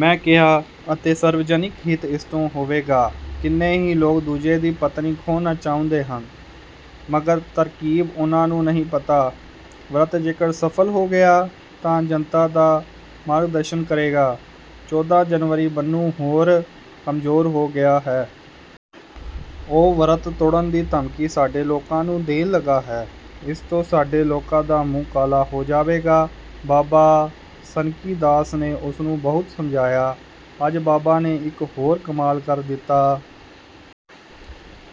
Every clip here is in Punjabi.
ਮੈਂ ਕਿਹਾ ਅਤੇ ਸਰਵਜਨਿਕ ਹਿੱਤ ਇਸਤੋਂ ਹੋਵੇਗਾ। ਕਿੰਨੇ ਹੀ ਲੋਕ ਦੂਜੇ ਦੀ ਪਤਨੀ ਖੋਹਣਾ ਚਾਹੁੰਦੇ ਹਨ, ਮਗਰ ਤਰਕੀਬ ਉਨ੍ਹਾਂ ਨੂੰ ਨਹੀਂ ਪਤਾ। ਵਰਤ ਜੇਕਰ ਸਫਲ ਹੋ ਗਿਆ, ਤਾਂ ਜਨਤਾ ਦਾ ਮਾਰਗਦਰਸ਼ਨ ਕਰੇਗਾ। ਚੌਦ੍ਹਾਂ ਜਨਵਰੀ ਬੰਨੂ ਹੋਰ ਕਮਜੋਰ ਹੋ ਗਿਆ ਹੈ। ਉਹ ਵਰਤ ਤੋੜਨ ਦੀ ਧਮਕੀ ਸਾਡੇ ਲੋਕਾਂ ਨੂੰ ਦੇਣ ਲਗਾ ਹੈ। ਇਸ ਤੋਂ ਸਾਡੇ ਲੋਕਾਂ ਦਾ ਮੂੰਹ ਕਾਲਾ ਹੋ ਜਾਵੇਗਾ। ਬਾਬਾ ਸਨਕੀਦਾਸ ਨੇ ਉਸਨੂੰ ਬਹੁਤ ਸਮਝਾਇਆ। ਅੱਜ ਬਾਬਾ ਨੇ ਇੱਕ ਹੋਰ ਕਮਾਲ ਕਰ ਦਿੱਤਾ।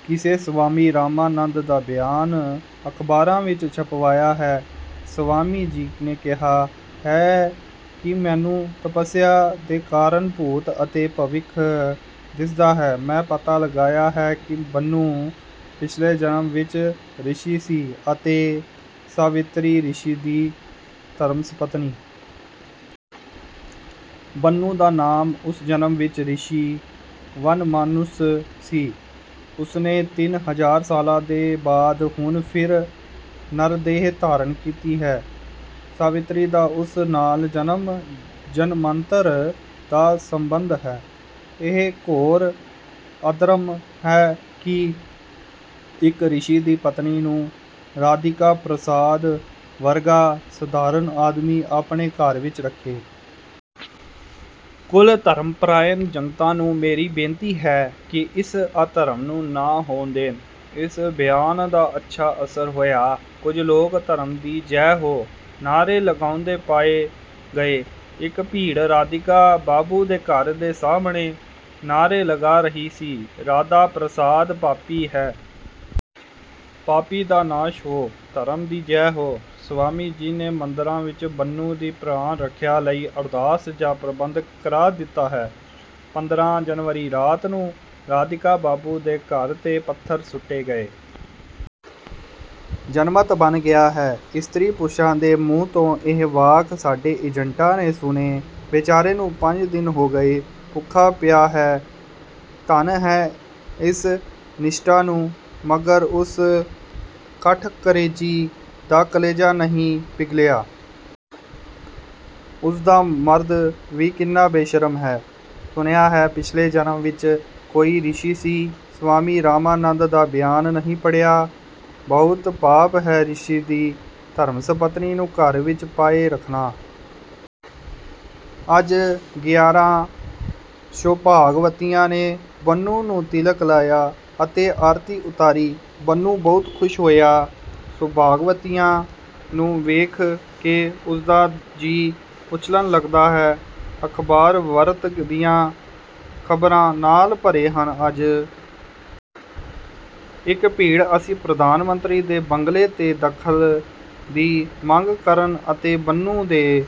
ਕਿਸੇ ਸਵਾਮੀ ਰਾਮਾਨੰਦ ਦਾ ਬਿਆਨ ਅਖ਼ਬਾਰਾਂ ਵਿੱਚ ਛਪਵਾਇਆ ਹੈ। ਸਵਾਮੀ ਜੀ ਨੇ ਕਿਹਾ ਹੈ ਕਿ ਮੈਨੂੰ ਤਪਸਿਆ ਦੇ ਕਾਰਨ ਭੂਤ ਅਤੇ ਭਵਿੱਖ ਦਿਸਦਾ ਹੈ। ਮੈਂ ਪਤਾ ਲਗਾਇਆ ਹੈ ਕਿ ਬੰਨੂ ਪਿਛਲੇ ਜਨਮ ਵਿੱਚ ਰਿਸ਼ੀ ਸੀ ਅਤੇ ਸਾਵਿਤਰੀ ਰਿਸ਼ੀ ਦੀ ਧਰਮਪਤਨੀ। ਬੰਨੂ ਦਾ ਨਾਮ ਉਸ ਜਨਮ ਵਿੱਚ ਰਿਸ਼ੀ ਵਨਮਾਨੁਸ ਸੀ। ਉਸਨੇ ਤਿੰਨ ਹਜਾਰ ਸਾਲਾਂ ਦੇ ਬਾਅਦ ਹੁਣ ਫਿਰ ਨਰਦੇਹ ਧਾਰਨ ਕੀਤੀ ਹੈ। ਸਾਵਿਤਰੀ ਦਾ ਉਸ ਨਾਲ ਜਨਮ-ਜਨਮਾਂਤਰ ਦਾ ਸੰਬੰਧ ਹੈ। ਇਹ ਘੋਰ ਅਧਰਮ ਹੈ ਕਿ ਇੱਕ ਰਿਸ਼ੀ ਦੀ ਪਤਨੀ ਨੂੰ ਰਾਧੀਕਾ ਪ੍ਰਸਾਦ, ਵਰਗਾ ਸਧਾਰਣ ਆਦਮੀ ਆਪਣੇ ਘਰ ਵਿੱਚ ਰੱਖੇ। ਕੁਲ ਧਰਮਪ੍ਰਾਇਣ ਜਨਤਾ ਨੂੰ ਮੇਰੀ ਬੇਨਤੀ ਹੈ ਕਿ ਇਸ ਅਧਰਮ ਨੂੰ ਨਾ ਹੋਣ ਦੇਣ। ਇਸ ਬਿਆਨ ਦਾ ਅੱਛਾ ਅਸਰ ਹੋਇਆ। ਕੁੱਝ ਲੋਕ ਧਰਮ ਦੀ ਜੈ ਹੋ! ਨਾਹਰੇ ਲਗਾਉਂਦੇ ਪਾਏ ਗਏ। ਇੱਕ ਭੀੜ ਰਾਧੀਕਾ ਬਾਬੂ ਦੇ ਘਰ ਦੇ ਸਾਹਮਣੇ ਨਾਹਰੇ ਲਗਾ ਰਹੀ ਸੀ, 'ਰਾਧਾ ਪ੍ਰਸਾਦ ਪਾਪੀ ਹੈ! ਪਾਪੀ ਦਾ ਨਾਸ਼ ਹੋ! ਧਰਮ ਦੀ ਜੈ ਹੋ।' ਸਵਾਮੀ ਜੀ ਨੇ ਮੰਦਿਰਾਂ ਵਿੱਚ ਬੰਨੂ ਦੀ ਪ੍ਰਾਣ-ਰੱਖਿਆ ਲਈ ਅਰਦਾਸ ਦਾ ਪ੍ਰਬੰਧ ਕਰਾ ਦਿੱਤਾ ਹੈ। ਪੰਦਰਾਂ ਜਨਵਰੀ ਰਾਤ ਨੂੰ ਰਾਧੀਕਾ ਬਾਬੂ ਦੇ ਘਰ ਤੇ ਪੱਥਰ ਸੁੱਟੇ ਗਏ। ਜਨਮਤ ਬਣ ਗਿਆ ਹੈ। ਇਸਤਰੀ-ਪੁਰਸ਼ਾਂ ਦੇ ਮੂੰਹ ਤੋਂ ਇਹ ਵਾਕ ਸਾਡੇ ਏਜੇਂਟਾਂ ਨੇ ਸੁਣੇ ।"ਬੇਚਾਰੇ ਨੂੰ ਪੰਜ ਦਿਨ ਹੋ ਗਏ। ਭੁੱਖਾ ਪਿਆ ਹੈ। " "ਧੰਨ ਹੈ ਇਸ ਨਿਸ਼ਠਾ ਨੂੰ। " "ਮਗਰ ਉਸ ਕਠਕਰੇਜੀ ਦਾ ਕਲੇਜਾ ਨਹੀਂ ਪਿਘਲਿਆ। " "ਉਸਦਾ ਮਰਦ ਵੀ ਕਿੰਨਾ ਬੇਸ਼ਰਮ ਹੈ। " "ਸੁਣਿਆ ਹੈ ਪਿਛਲੇ ਜਨਮ ਵਿੱਚ ਕੋਈ ਰਿਸ਼ੀ ਸੀ। " "ਸਵਾਮੀ ਰਾਮਾਨੰਦ ਦਾ ਬਿਆਨ ਨਹੀਂ ਪੜ੍ਹਿਆ! " "ਬਹੁਤ ਪਾਪ ਹੈ ਰਿਸ਼ੀ ਦੀ ਧਰਮਪਤਨੀ ਨੂੰ ਘਰ ਵਿੱਚ ਪਾਏ ਰੱਖਣਾ। " ਅੱਜ ਗਿਆਰਾਂ ਸੌਭਾਗਵਤੀਆਂ ਨੇ ਬੰਨੂ ਨੂੰ ਤਿਲਕ ਲਾਇਆ ਅਤੇ ਆਰਤੀ ਉਤਾਰੀ। ਬੰਨੂ ਬਹੁਤ ਖੁਸ਼ ਹੋਇਆ। ਸੌਭਾਗਵਤੀਆਂ ਨੂੰ ਵੇਖ ਕੇ ਉਸਦਾ ਜੀ ਉਛਲਣ ਲੱਗਦਾ ਹੈ। ਅਖਬਾਰ ਵਰਤ ਦੀਆਂ ਖਬਰਾਂ ਨਾਲ ਭਰੇ ਹਨ। ਅੱਜ ਇੱਕ ਭੀੜ ਅਸੀਂ ਪ੍ਰਧਾਨ ਮੰਤਰੀ ਦੇ ਬੰਗਲੇ ਤੇ ਦਖਲ ਦੀ ਮੰਗ ਕਰਨ ਅਤੇ ਬੰਨੂ ਦੇ